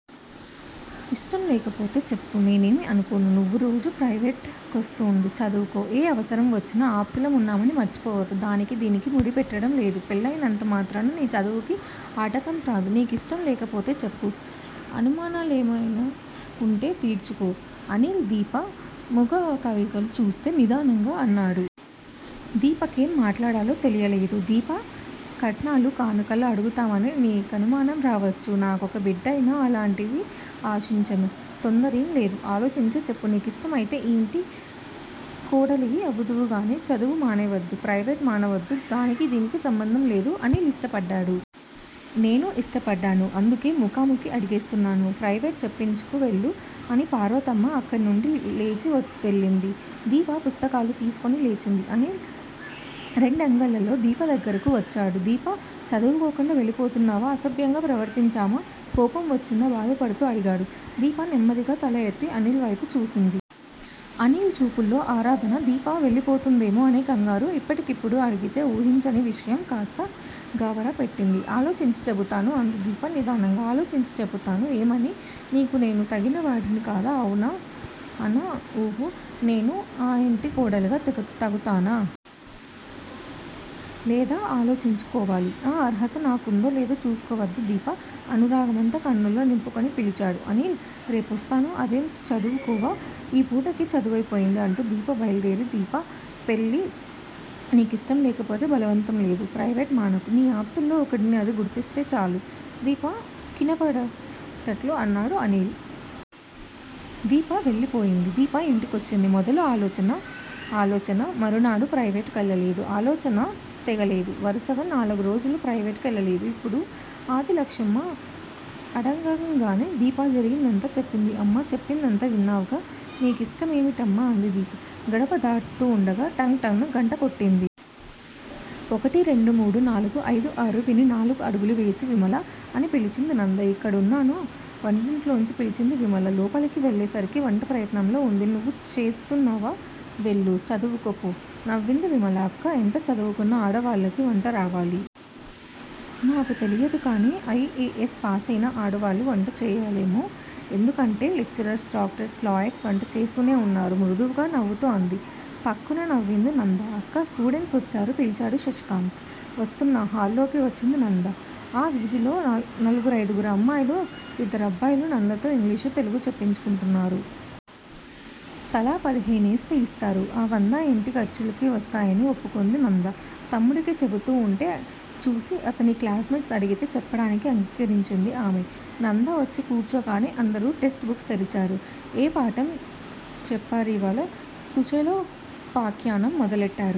ఇష్టంలేకపోతే చెప్పు. నేనేమీ అనుకోను. నువ్వు రోజూ ప్రవేటు కొస్తూండు. చదువుకో, ఏ అవసరం వచ్చినా ఆప్తులం ఉన్నామని మర్చిపోవద్దు. దానికీ దీనికీ ముడి పెట్టటంలేదు. పెళ్ళయినంత మాత్రాన నీ చదువుకి ఆటకంరాదు. నీకిష్టం లేకపోతే చెప్పు, అనుమానాలేమయినా వుంటే తీర్చుకో అనిల్ దీప ముఖకవళికలు చూస్తూ నిదానంగా అన్నాడు. దీపకేం మాట్లాడాలో తెలియలేదు. దీపా! కట్నాలు కానుకలు అడుగుతామని నీ కనుమానం రావచ్చు. నాకొక్క బిడ్డయినా అలాంటివి ఆశించను, తొందరేంలేదు ఆలోచించే చెప్పు. నీ కిష్టమైతే ఈ ఇంటి కోడలివి అవుదువుగాని, చదువు మానవద్దు, ప్రవేటు మానవద్దు. దానికీ దీనికీ సంబంధం లేదు. అనిల్ ఇష్టపడ్డాడు. నేను ఇష్టపడ్డాను. అందుకే ముఖాముఖి అడిగేస్తున్నాను. ప్రయివేటు చెప్పించుకు వెళ్ళు. అని పార్వతమ్మ అక్కడినుంచి లేచి వెళ్ళింది. దీప పుస్తకాలు తీసుకుని లేచింది. అనిల్ రెండంగల్లో దీప దగ్గరకు వచ్చాడు. దీపా! చదువుకోకుండా వెళ్ళిపోతున్నావా? అసభ్యంగా ప్రవర్తించామా? కోపం వచ్చిందా? బాధపడుతూ అడిగాడు. దీప నెమ్మదిగా తల ఎత్తి అనిల్ వైపు చూసింది. అనిల్ చూపుల్లో ఆరాధన, దీప వెళ్ళిపోతుందేమో అనే కంగారు. ఇప్పటికిప్పుడు అడిగితే ఊహించని విషయం కాస్త గాభరా పెట్టింది, ఆలోచించి చెపుతాను అంది దీప నిదానంగా. ఆలోచించి చెపుతావా! ఏమని? నీకు నేను తగిన వాడివి కాదా. అవునా! అనా? ఉహూ! నేను ఆ యింటి కోడలిగా తగుతానా! లేదా! ఆలోచించు కోవాలి. ఆ అర్హత నాకుందో లేదో చూసుకోవద్దు దీపా! అనురాగమంతా కన్నుల్లో నింపుకుని పిలిచాడు అనిల్. రేపొస్తాను అదేం చదువుకోవా! ఈ పూటకి చదువయిపోయింది అంటూ దీప బైలు దేరింది. దీపా! పెళ్ళి నీ కిష్టం లేకపోతే బలవంతంలేదు. ప్రవేటు మానకు. నీ ఆప్తుల్లో ఒకడిని అది గుర్తిస్తే చాలు దీప కినపడేటట్లు అన్నాడు అనిల్. దీప వెళ్ళిపోయింది. దీప ఇంటికొచ్చింది మొదలు ఆలోచన ఆలోచన. మరునాడు ప్రవేటు కెళ్ళలేదు. ఆలోచన తెగలేదు వరసగా నాలుగు రోజులు ప్రవేటుకి వెళ్ళలేదు. ఇప్పుడు ఆదిలక్ష్మమ్మ అడగంగానే దీప జరిగిందంతా చెప్పింది. అమ్మా! చెప్పిందంతా విన్నావుగా?! నీ ఇష్టమేమిటమ్మా! అంది దీప. గడప దాటుతూవుండగా టంగ్ టంగ్ న గంట కొట్టింది. ఒకటి, రెండు, మూడు, నాలుగు, ఐదు, ఆరు విని నాలుగు అడుగులు వేసి విమలా! అని పిలిచింది నంద. ఇక్కడున్నాను! వంటింట్లోంచి పిలిచింది విమల. లోపలికి వెళ్ళేసరికి వంట ప్రయత్నంలో వుంది. నువ్వు చేస్తున్నావా? వెళ్ళు! చదువుకో పో! నవ్వింది విమల. అక్కా! ఎంత చదువుకున్నా ఆడవాళ్ళకి వంటరావాలి! నాకు తెలియదు కానీ ఐ. ఏ. ఎస్. పాసైనా ఆడవాళ్ళు వంట చేయాలేమో! ఎందుకంటే లెక్చరర్స్, డాక్టర్స్, లాయర్స్ వంట చేస్తూనే వున్నారు! మృదువుగా నవ్వుతూ అంది. ఫక్కున నవ్వింది నంద. అక్కా! స్టూడెంట్స్ వచ్చారు! పిలిచాడు శశికాంత్. వస్తున్నా! హాల్లోకి వచ్చింది నంద. ఆ వీధిలో నలుగురైదుగురు అమ్మాయిలు, ఇద్దరబ్బాయిలు నందతో ఇంగ్లీషు, తెలుగు చెప్పించుకుంటారు. తలా పదిహేనేసి ఇస్తారు. ఆ వందా ఇంటి ఖర్చులకి వస్తాయని ఒప్పుకుంది నంద. తమ్ముడికి చెబుతూ వుంటే చూసి అతని క్లాస్ మేట్స్ అడిగితే చెప్పడానికి అంగీకరించింది ఆమె. నంద వచ్చి కూర్చోగానే అందరూ టెస్ట్ బుక్స్ తెరిచారు. ఏం పాఠం చెప్పారివాళ? కుచేలో పాఖ్యానం మొదలెట్టారు!